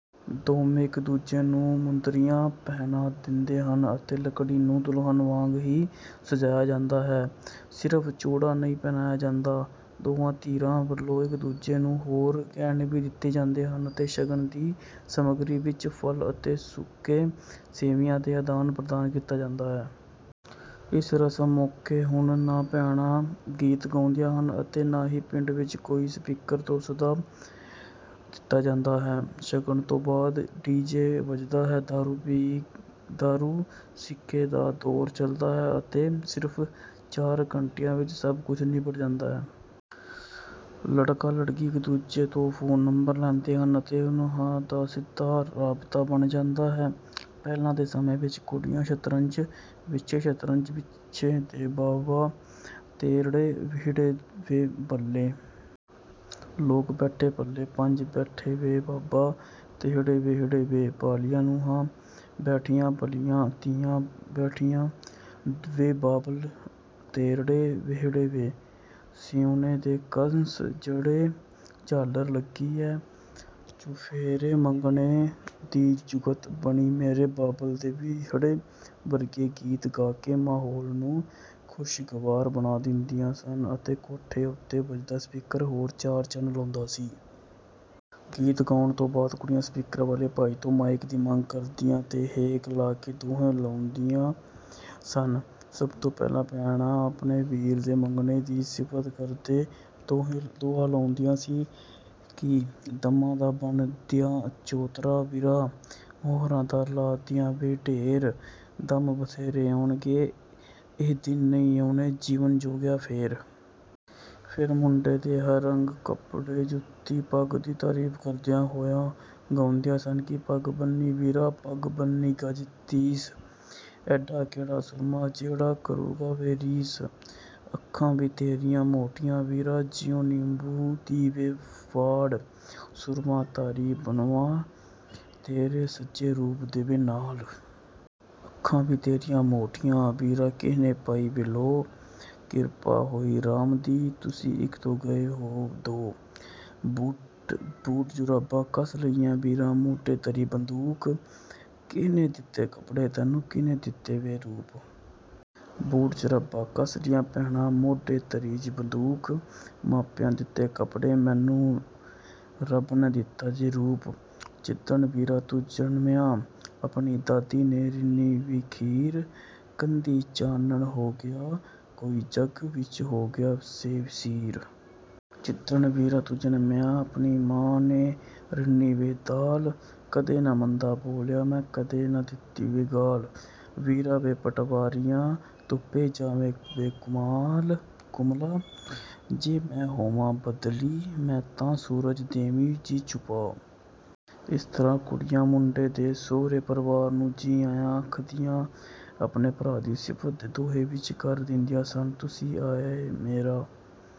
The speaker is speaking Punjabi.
ਦੋਵੇਂ ਇੱਕ ਦੂਜੇ ਨੂੰ ਮੁੰਦਰੀਆਂ ਪਹਿਨਾ ਦਿੰਦੇ ਹਨ ਅਤੇ ਲੜਕੀ ਨੂੰ ਦੁਲਹਨ ਵਾਂਗ ਹੀ ਸਜਾਇਆ ਜਾਂਦਾ ਹੈ ਸਿਰਫ ਚੂੜਾ ਨਹੀਂ ਪਹਿਨਾਇਆ ਜਾਂਦਾ। ਦੋਵਾਂ ਧਿਰਾਂ ਵੱਲੋਂ ਇੱਕ ਦੂਜੇ ਨੂੰ ਹੋਰ ਗਹਿਣੇ ਵੀ ਦਿੱਤੇ ਜਾਂਦੇ ਹਨ ਅਤੇ ਸ਼ਗਨ ਦੀ ਸਮੱਗਰੀ ਵਿੱਚ ਫਲ ਅਤੇ ਸੁੱਕੇ ਮੇਵਿਆਂ ਦਾ ਆਦਾਨ ਪ੍ਰਦਾਨ ਕੀਤਾ ਜਾਂਦਾ ਹੈ। ਇਸ ਰਸਮ ਮੌਕੇ ਹੁਣ ਨਾ ਭੈਣਾਂ ਗੀਤ ਗਾਉਂਦੀਆਂ ਹਨ ਅਤੇ ਨਾ ਹੀ ਪਿੰਡ ਵਿੱਚ ਕੋਈ ਸਪੀਕਰ ਤੋਂ ਸੱਦਾ ਦਿੱਤਾ ਜਾਂਦਾ ਹੈ। ਸ਼ਗਨ ਤੋਂ ਬਾਅਦ ਡੀ ਜੇ ਵੱਜਦਾ ਹੈ, ਦਾਰੂ ਸਿੱਕੇ ਦਾ ਦੌਰ ਚੱਲਦਾ ਹੈ ਅਤੇ ਸਿਰਫ ਚਾਰ ਘੰਟਿਆਂ ਵਿੱਚ ਸਭ ਕੁਝ ਨਿਬੜ ਜਾਂਦਾ ਹੈ। ਲੜਕਾ ਲੜਕੀ ਇੱਕ ਦੂਜੇ ਤੋਂ ਫੋਨ ਨੰਬਰ ਲੈ ਲੈਂਦੇ ਹਨ ਅਤੇ ਉਨ੍ਹਾਂ ਦਾ ਸਿੱਧਾ ਰਾਬਤਾ ਬਣ ਜਾਂਦਾ ਹੈ। ਪਹਿਲਾਂ ਦੇ ਸਮੇਂ ਵਿੱਚ ਕੁੜੀਆਂ ਸ਼ਤਰੰਜ ਵਿਛੇ ਸ਼ਤਰੰਜ ਵਿਛੇ ਵੇ ਬਾਬਾ ਤੇਰੜੇ ਵਿਹੜੇ ਵੇ, ਭਲੇ ਲੋਕ ਬੈਠੇ ਭਲੇ ਪੰਚ ਬੈਠੇ ਵੇ ਬਾਬਾ ਤੇਰੜੇ ਵਿਹੜੇ ਵੇ, ਭਲੀਆਂ ਨੂੰਹਾਂ ਬੈਠੀਆਂ ਭਲੀਆਂ ਧੀਆਂ ਬੈਠੀਆਂ ਵੇ ਬਾਬਲ ਤੇਰੜੇ ਵਿਹੜੇ ਵੇ, ਸਿਉਨੇ ਦੇ ਕੰਸ ਜੜੇ ਝਾਲਰ ਲੱਗੀ ਐ ਚੁਫੇਰੇ, ਮੰਗਣੇ ਦੀ ਜੁਗਤ ਬਣੀ ਮੇਰੇ ਬਾਬਲ ਦੇ ਵਿਹੜੇ ਵਰਗੇ ਗੀਤ ਗਾ ਕੇ ਮਾਹੌਲ ਨੂੰ ਖੁਸ਼ਗਵਾਰ ਬਣਾ ਦਿੰਦੀਆਂ ਸਨ ਅਤੇ ਕੋਠੇ ਉੱਤੇ ਵੱਜਦਾ ਸਪੀਕਰ ਹੋਰ ਚਾਰ ਚੰਨ ਲਾਉਂਦਾ ਸੀ। ਗੀਤ ਗਾਉਣ ਤੋਂ ਬਾਅਦ ਕੁੜੀਆਂ ਸਪੀਕਰ ਵਾਲੇ ਭਾਈ ਤੋਂ ਮਾਈਕ ਦੀ ਮੰਗ ਕਰਦੀਆਂ ਤੇ ਹੇਕਾਂ ਲਾ ਕੇ ਦੋਹੇ ਲਾਉਂਦੀਆਂ ਸਨ। ਸਭ ਤੋਂ ਪਹਿਲਾਂ ਭੈਣ ਆਪਣੇ ਵੀਰ ਦੇ ਮੰਗਣੇ ਦੀ ਸਿਫਤ ਕਰਦੇ ਦੋਹਾ ਲਾਉਂਦੀ ਸੀ ਕਿ ਦੰਮਾਂ ਦਾ ਬੰਨ੍ਹ ਦਿਆਂ ਚੌਤਰਾ ਵੀਰਾ, ਮੋਹਰਾਂ ਦਾ ਲਾ ਦਿਆਂ ਵੇ ਢੇਰ, ਦੰਮ ਬਥੇਰੇ ਆਉਣਗੇ ਇਹ ਦਿਨ ਨਹੀਂ ਆਉਣੇ ਵੇ ਜੀਵਨ ਜੋਗਿਆ ਫੇਰ। ਫਿਰ ਮੁੰਡੇ ਦੇ ਹਰ ਅੰਗ ਕੱਪੜੇ, ਜੁੱਤੀ, ਪੱਗ ਦੀ ਤਾਰੀਫ ਕਰਦੀਆਂ ਹੋਈਆਂ ਗਾਉਂਦੀਆਂ ਸਨ ਕਿ ਪੱਗ ਬੰਨ੍ਹੀ ਵੀਰਾ ਪੱਗ ਬੰਨ੍ਹੀ ਗਜ਼ ਤੀਸ, ਐਡਾ ਕਿਹੜਾ ਸੂਰਮਾ ਜਿਹੜਾ ਕਰੂਗਾ ਵੇ ਰੀਸ। ਅੱਖਾਂ ਵੀ ਤੇਰੀਆਂ ਮੋਟੀਆਂ ਵੀਰਾ ਜਿਉਂ ਨਿੰਬੂ ਦੀ ਵੇ ਫਾੜ, ਸੂਰਮਾ ਧਾਰੀ ਬੰਨ੍ਹਵਾਂ ਤੇਰੇ ਸਜੇ ਰੂਪ ਦੇ ਵੇ ਨਾਲ। ਅੱਖਾਂ ਵੀ ਤੇਰੀਆਂ ਮੋਟੀਆਂ ਵੀਰਾ ਕੀਹਨੇ ਪਾਈ ਵੇ ਲੋਅ, ਕਿਰਪਾ ਹੋਈ ਰਾਮ ਦੀ ਤੁਸੀਂ ਇੱਕ ਤੋਂ ਹੋ ਗਏ ਵੇ ਦੋ। ਬੂਟ ਜੁਰਾਬਾਂ ਕਸ ਲਈਆਂ ਵੀਰਾ ਮੋਢੇ ਧਰੀ ਵੇ ਬੰਦੂਕ, ਕੀਹਨੇ ਦਿੱਤੇ ਕੱਪੜੇ ਤੈਨੂੰ ਕੀਹਨੇ ਦਿੱਤਾ ਵੇ ਰੂਪ। ਬੂਟ ਜੁਰਾਬਾਂ ਕਸ ਲਈਆਂ ਭੈਣੇ ਮੋਢੇ ਧਰੀ ਜੀ ਬੰਦੂਕ, ਮਾਪਿਆਂ ਦਿੱਤੇ ਕੱਪੜੇ ਮੈਨੂੰ ਰੱਬ ਨੇ ਦਿੱਤਾ ਜੀ ਰੂਪ। ਜਿਦਣ ਵੀਰਾ ਤੂੰ ਜਨਮਿਆ ਆਪਣੀ ਦਾਦੀ ਨੇ ਰਿੰਨ੍ਹੀ ਵੇ ਖੀਰ, ਕੰਧੀਂ ਚਾਨਣ ਹੋ ਗਿਆ ਕੋਈ ਜੱਗ ਵਿੱਚ ਹੋ ਗਿਆ ਵੇ ਸੀਰ। ਜਿੱਦਣ ਵੀਰਾ ਤੂੰ ਜਨਮਿਆ ਆਪਣੀ ਮਾਂ ਨੇ ਰਿੰਨੀ ਵੇ ਦਾਲ, ਕਦੇ ਨਾ ਮੰਦਾ ਬੋਲਿਆ ਤੈਂ ਕਦੇ ਨਾ ਦਿੱਤੀ ਵੇ ਗਾਲ੍ਹ। ਵੀਰਾ ਵੇ ਪਟਵਾਰੀਆ ਧੁੱਪੇ ਜਾਵੇਂ ਵੇ ਕੁਮਲਾ, ਜੇ ਮੈਂ ਹੋਵਾਂ ਬੱਦਲੀ ਮੈਂ ਤਾਂ ਸੂਰਜ ਦੇਵਾਂ ਜੀ ਛੁਪਾ। ਇਸ ਤਰ੍ਹਾਂ ਕੁੜੀਆਂ ਮੁੰਡੇ ਦੇ ਸਹੁਰੇ ਪਰਿਵਾਰ ਨੂੰ ਜੀ ਆਇਆਂ ਆਖਦੀਆਂ ਆਪਣੇ ਭਰਾ ਦੀ ਸਿਫਤ ਵੀ ਦੋਹੇ ਵਿੱਚ ਹੀ ਕਰ ਦਿੰਦੀਆਂ ਸਨ। ਤੁਸੀਂ ਆਏ ਮੇਰਾ